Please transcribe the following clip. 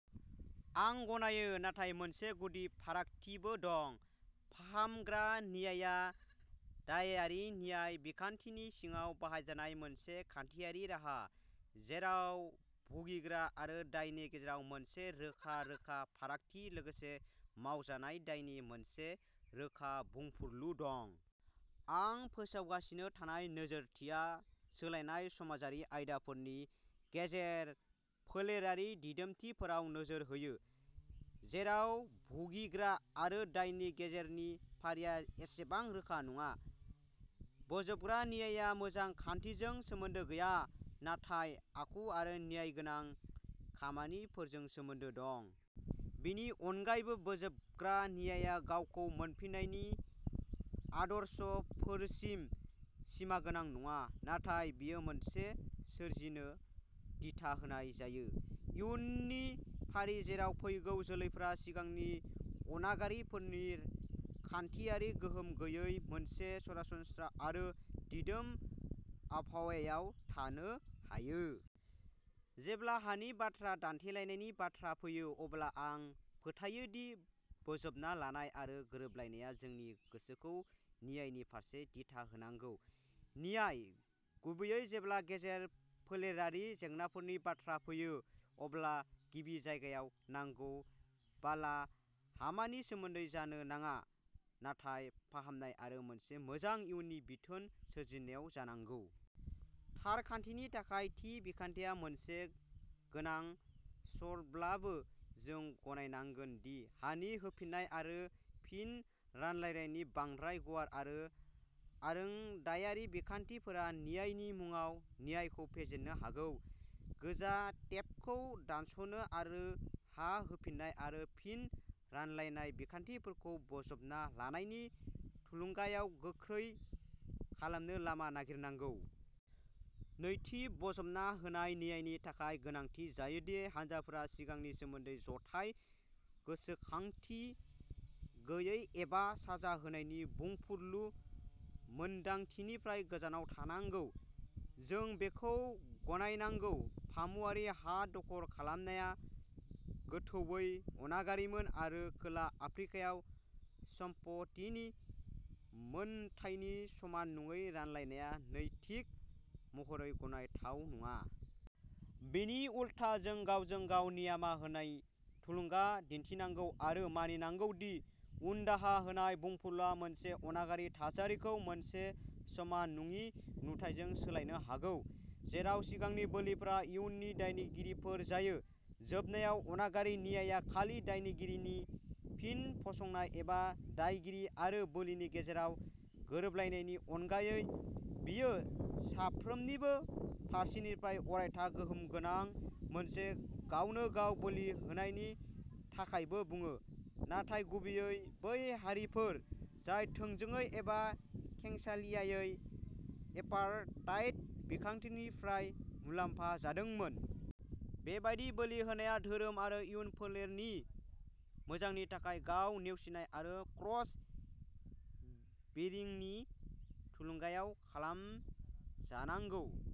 आं गनायो, नाथाय मोनसे गुदि फारागथिबो दं। फाहामग्रा न्यायआ दायारि न्याय बिखान्थिनि सिङाव बाहायजानाय मोनसे खान्थियारि राहा, जेराव भुगिग्रा आरो दायनि गेजेराव मोनसे रोखा रोखा फारागथि लोगोसे मावजानाय दायनि मोनसे रोखा बुंफुरलु दं। आं फोसावगासिनो थानाय नोजोरथिया सोलायनाय समाजारि आयदाफोरनि गेजेर-फोलेरारि दिदोमथिफोराव नोजोर होयो, जेराव भुगिग्रा आरो दायनि गेजेरनि फारिया एसेबां रोखा नङा। बोजबग्रा न्यायआ मोजां खान्थिजों सोमोन्दो गैया, नाथाय आखु आरो न्यायगोनां खामानिफोरजों सोमोन्दो दं। बेनि अनगायैबो, बोजबग्रा न्यायआ गावखौ मोनफिननायनि आदर्शफोरसिम सिमागोनां नङा, नाथाय बेयो मोनसे सोरजिनो दिथा होनाय जायो। इयुननि फारि जेराव फैगौ जोलैफोरा सिगांनि अनागारिफोरनि खान्थियारि गोहोम गैयै मोनसे सरासनस्रा आरो दिदोम आबहावायाव थानो हायो। जेब्ला हानि बाथ्रा दान्थेलायनायनि बाथ्रा फैयो, अब्ला आं फोथायो दि बोजबना लानाय आरो गोरोबलायनाया जोंनि गोसोखौ न्यायनि फारसे दिथा होनांगौ। न्याय, गुबैयै जेब्ला गेजेर-फोलेरारि जेंनाफोरनि बाथ्रा फैयो, अब्ला गिबि जायगायाव, नांगौ बालाहामानि सोमोन्दै जानो नाङा, नाथाय फाहामनाय आरो मोनसे मोजां इयुननि बिथोन सोरजिनायाव जानांगौ। थार खान्थिनि थाखाय थि बिखान्थिया मोनसे गोनां सर्तब्लाबो, जों गनायनांगोन दि हानि होफिननाय आरो फिन रानलायनायनि बांद्राय गुवार आरो आरोंदायारि बिखान्थिफोरा न्यायनि मुंआव न्यायखौ फेजेननो हागौ। गोजा टेपखौ दानस'नो आरो हा होफिन्नाय आरो फिन रानलायनाय बिखान्थिफोरखौ बोजबना लानायनि थुलुंगायाव गोख्रै खालामनो लामा नागिरनांगौ। नैथि, बोजबना होनाय न्यायनि थाखाय गोनांथि जायो दि हानजाफोरा सिगांनि सोमोन्दै जथाय गोसोखांथि गैयै एबा साजा होनायनि बुंफुरलु मोनदांथिनिफ्राय गोजानाव थानांगौ। जों बेखौ गनायनांगौ। फामुवारि हा दखल खालामनाया गोथौवै अनागारिमोन आरो खोला आफ्रिकायाव सम्पथिनि मोनथायनि समान नङि रानलायनाया नैतिक महरै गनायथाव नङा। बिनि उलथा, जों गावजों गाव निमाहा होनायनि थुलुंगा दिन्थिनांगौ आरो मानिनांगौ दि उनदाहा होनाय बुंफुरलुआ मोनसे अनागारि थासारिखौ मोनसे समान नङि नुथाइजों सोलायनो हागौ जेराव सिगांनि बोलिफोरा इयुननि दायगिरिफोर जायो। जोबनायाव, अनागारि न्यायआ खालि दायगिरिनि फिन फसंनाय एबा दायगिरि आरो बोलिनि गेजेराव गोरोबलायनायनि अनगायै; बेयो साफ्रोमनिबो फारसेनिफ्राय अरायथा गोहोम गोनां मोनसे गावनो-गाव बोलि होनायनि थाखायबो बुङो, नाथाय गुबैयै बै हारिफोर जाय थोंजोङै एबा खेंसालियायै एपार्थाइड बिखान्थिनिफ्राय मुलाम्फा जादोंमोन। बेबादि बोलि होनाया धोरोम आरो इयुन फोलेरनि मोजांनि थाखाय गाव-नेवसिनाय आरो क्रस बेरिंनि थुलुंगायाव खालामजानांगौ।